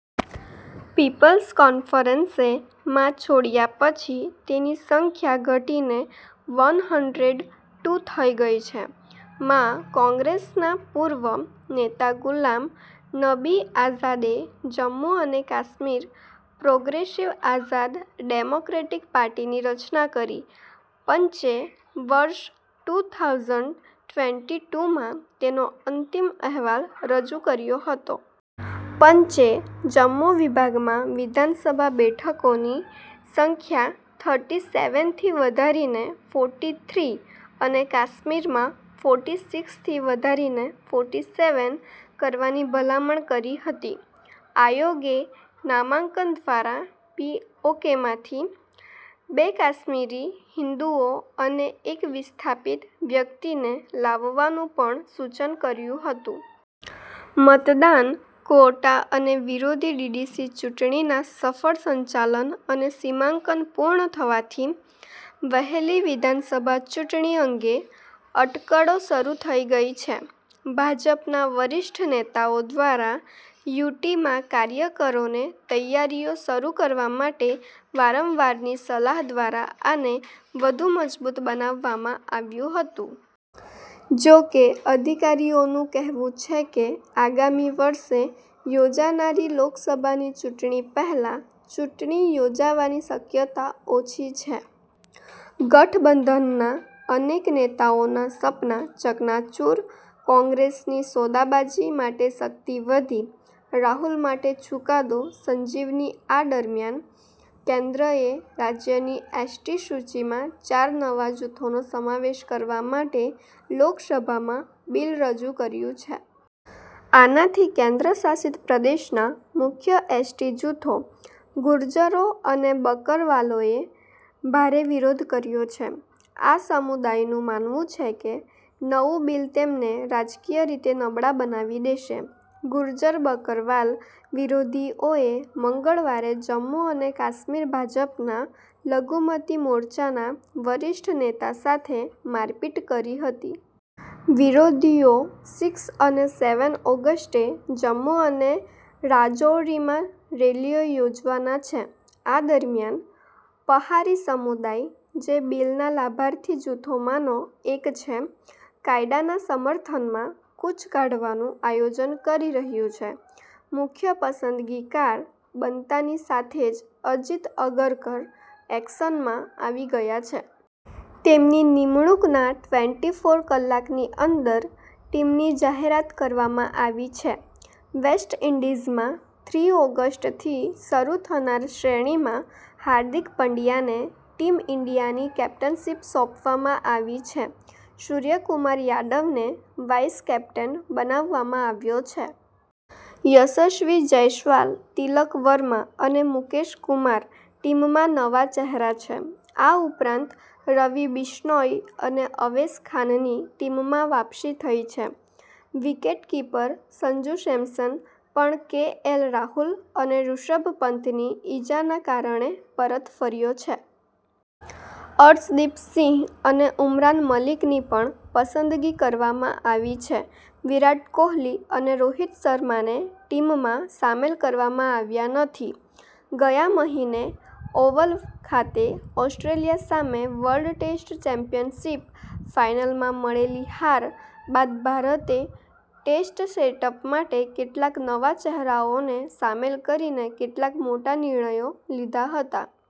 People's કોન્ફરન્સે માં છોડ્યા પછી, તેની સંખ્યા ઘટીને વન હંડ્રેડ ટૂ થઈ ગઈ છે. માં, કોંગ્રેસના પૂર્વ નેતા ગુલામ નબી આઝાદે જમ્મુ અને Kashmir Progressive Azad Democratic Party ની રચના કરી. પંચે વર્ષ ટૂ થાઉસન્ડ ટ્વેન્ટી ટૂમાં તેનો અંતિમ અહેવાલ રજૂ કર્યો હતો. પંચે જમ્મુ વિભાગમાં વિધાનસભા બેઠકોની સંખ્યા થર્ટી સેવન થી વધારીને ફોર્ટી થ્રી અને કાશ્મીરમાં ફોર્ટી સિક્સ થી વધારીને ફોર્ટી સેવન કરવાની ભલામણ કરી હતી. આયોગે નામાંકન દ્વારા પીઓકેમાંથી બે કાશ્મીરી હિંદુઓ અને એક વિસ્થાપિત વ્યક્તિને લાવવાનું પણ સૂચન કર્યું હતું. મતદાન, ક્વોટા અને વિરોધ ડીડીસી ચૂંટણીના સફળ સંચાલન અને સીમાંકન પૂર્ણ થવાથી, વહેલી વિધાનસભા ચૂંટણી અંગે અટકળો શરૂ થઈ ગઈ છે. ભાજપના વરિષ્ઠ નેતાઓ દ્વારા યુટીમાં કાર્યકરોને તૈયારીઓ શરૂ કરવા માટે વારંવારની સલાહ દ્વારા આને વધુ મજબૂત બનાવવામાં આવ્યું હતું. જોકે, અધિકારીઓનું કહેવું છે કે, આગામી વર્ષે યોજાનારી લોકસભાની ચૂંટણી પહેલા ચૂંટણી યોજાવાની શક્યતા ઓછી છે. ગઠબંધનના અનેક નેતાઓના સપના ચકનાચૂર, કોંગ્રેસની સોદાબાજી માટે શક્તિ વધી, રાહુલ માટે ચૂકાદો સંજીવની આ દરમિયાન, કેન્દ્રએ રાજ્યની એસટી સૂચિમાં ચાર નવા જૂથોનો સમાવેશ કરવા માટે લોકસભામાં બિલ રજૂ કર્યું છે. આનાથી કેન્દ્રશાસિત પ્રદેશના મુખ્ય એસટી જૂથો, ગુર્જરો અને બકરવાલોએ ભારે વિરોધ કર્યો છે. આ સમુદાયનું માનવું છે કે, નવું બિલ તેમને રાજકીય રીતે નબળા બનાવી દેશે. ગુર્જર-બકરવાલ વિરોધીઓએ મંગળવારે જમ્મુ અને કાશ્મીર ભાજપના લઘુમતી મોરચાના વરિષ્ઠ નેતા સાથે મારપીટ કરી હતી. વિરોધીઓ સિક્સ અને સેવન ઓગસ્ટે જમ્મુ અને રાજૌરીમાં રેલીઓ યોજવાના છે. આ દરમિયાન, 'પહારી સમુદાય', જે બિલના લાભાર્થી જૂથોમાંનો એક છે, કાયદાના સમર્થનમાં કૂચ કાઢવાનું આયોજન કરી રહ્યું છે. મુખ્ય પસંદગીકાર બનતાની સાથે જ અજિત અગરકર એક્શનમાં આવી ગયા છે. તેમની નિમણૂકના ટ્વેન્ટી ફોર કલાકની અંદર ટીમની જાહેરાત કરવામાં આવી છે. વેસ્ટ ઇન્ડીઝમાં થ્રી ઓગસ્ટથી શરુ થનાર શ્રેણીમાં હાર્દિક પંડ્યાને ટીમ ઇન્ડિયાની કેપ્ટનશિપ સોંપવામાં આવી છે. સૂર્ય કુમાર યાદવને વાઇસ કેપ્ટન બનાવવામાં આવ્યો છે. યશસ્વી જયસ્વાલ, તિલક વર્મા અને મુકેશ કુમાર ટીમમાં નવા ચહેરા છે. આ ઉપરાંત રવિ બિશ્નોઈ અને અવેશ ખાનની ટીમમાં વાપસી થઈ છે. વિકેટકીપર સંજુ સેમસન પણ કેએલ રાહુલ અને ઋષભ પંતની ઈજાના કારણે પરત ફર્યો છે. અર્શદીપ સિંહ અને ઉમરાન મલિકની પણ પસંદગી કરવામાં આવી છે. વિરાટ કોહલી અને રોહિત શર્માને ટીમમાં સામેલ કરવામાં આવ્યા નથી. ગયા મહિને ઓવલ ખાતે ઓસ્ટ્રેલિયા સામે વર્લ્ડ ટેસ્ટ ચેમ્પિયનશિપ ફાઇનલમાં મળેલી હાર બાદ ભારતે ટેસ્ટ સેટઅપ માટે કેટલાક નવા ચહેરાઓને સામેલ કરીને કેટલાક મોટા નિર્ણયો લીધા હતા.